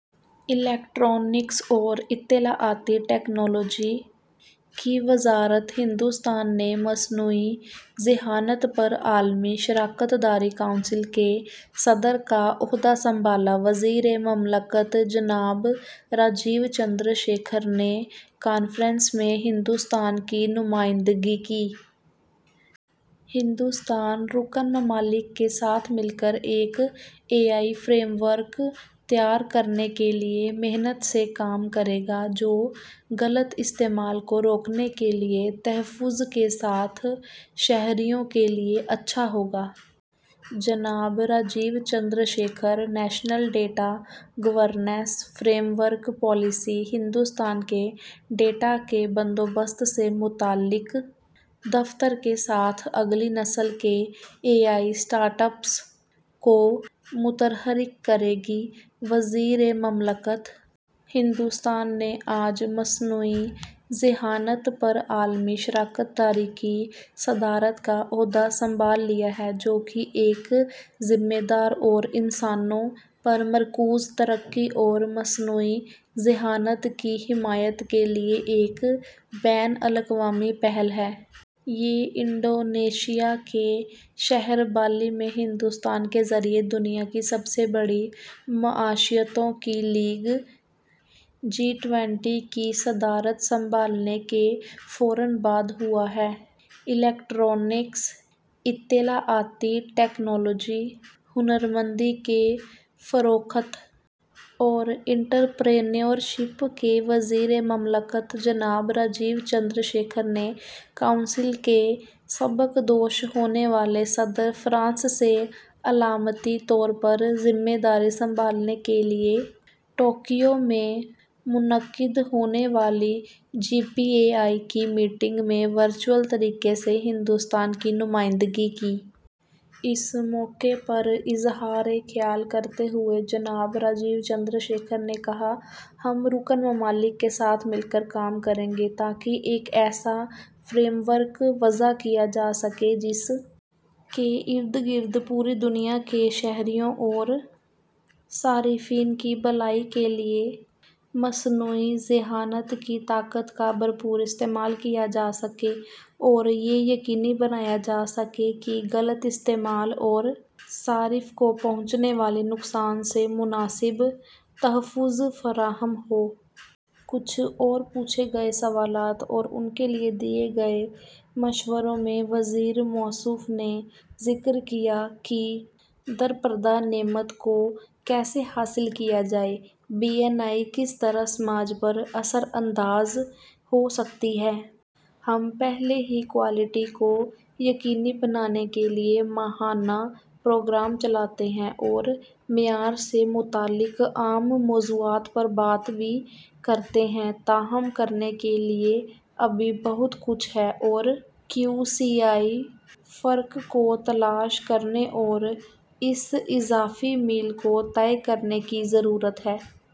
Electronics اور اطلاعاتی technology کی وزارت ہندوستان نے مصنوعی ذہانت پر عالمی شراکت داری کونسل کے صدر کا عہدہ سنبھالا۔ وزیر مملکت جناب راجیو چندر شیکھر نے کانفرنس میں ہندوستان کی نمائندگی کی۔ ’’ہندوستان رکن ممالک کے ساتھ مل کر ایک اے آئی فریم ورک تیار کرنے کے لیے محنت سے کام کرے گا جو غلط استعمال کو روکنے کے لیے تحفظ کے ساتھ شہریوں کے لیے اچھا ہوگا۔‘‘ جناب Rajiv Chandra Shekhar. National data governance framework policy Hindustan کے ڈیٹا کے بندوبست سے متعلق دفتر کے ساتھ اگلی نسل کے اے آئی اسٹارٹ اپس کو متحرک کرے گی: وزیر مملکت۔ ہندوستان نے آج مصنوعی ذہانت پر عالمی شراکت داری کی صدارت کا عہدہ سنبھال لیا ہے، جو کہ ایک ذمہ دار اور انسانوں پر مرکوز ترقی اور مصنوعی ذہانت کی حمایت کے لیے ایک بین الاقوامی پہل ہے۔ یہ انڈونیشیا کے شہر بالی میں ہندوستان کے ذریعے دنیا کی سب سے بڑی معیشتوں کی لیگ، جی ٹوئنٹی کی صدارت سنبھالنے کے فوراً بعد ہوا ہے۔ الیکٹرانکس، اطلاعاتی ٹیکنالوجی، ہنرمندی کے فروغ اور انٹرپرینیورشپ کے وزیر مملکت جناب راجیو چندر شیکھر نے کونسل کے سبکدوش ہونے والے صدر فرانس سے علامتی طور پر ذمہ داری سنبھالنے کے لیے ٹوکیو میں منعقد ہونے والی جی پی اے آئی کی میٹنگ میں ورچوئل طریقے سے ہندوستان کی نمائندگی کی۔ اس موقع پر اظہار خیال کرتے ہوئے، جناب راجیو چندر شیکھر نے کہا، ’’ہم رکن ممالک کے ساتھ مل کر کام کریں گے تاکہ ایک ایسا فریم ورک وضع کیا جا سکے جس کے اردگرد پوری دنیا کے شہریوں اور صارفین کی بھلائی کے لیے مصنوعی ذہانت کی طاقت کا بھرپور استعمال کیا جا سکے اور یہ یقینی بنایا جا سکے کہ غلط استعمال اور صارف کو پہنچنے والے نقصان سے مناسب تحفظ فراہم ہو۔‘‘ کچھ اور پوچھے گئے سوالات اور ان کے لیے دیے گئے مشوروں میں وزیر موصوف نے ذکر کیا کہ ’’درپردہ نعمت‘‘ کو کیسے حاصل کیا جائے، بی این آئی کس طرح سماج پر اثر انداز ہو سکتی ہے۔ ہم پہلے ہی کوالٹی کو یقینی بنانے کے لیے ماہانہ پروگرام چلاتے ہیں اور معیار سے متعلق عام موضوعات پر بات بھی کرتے ہیں۔ تاہم، کرنے کے لیے ابھی بہت کچھ ہے اور کیو سی آئی فرق کو تلاش کرنے اور اس اضافی میل کو طے کرنے کی ضرورت ہے۔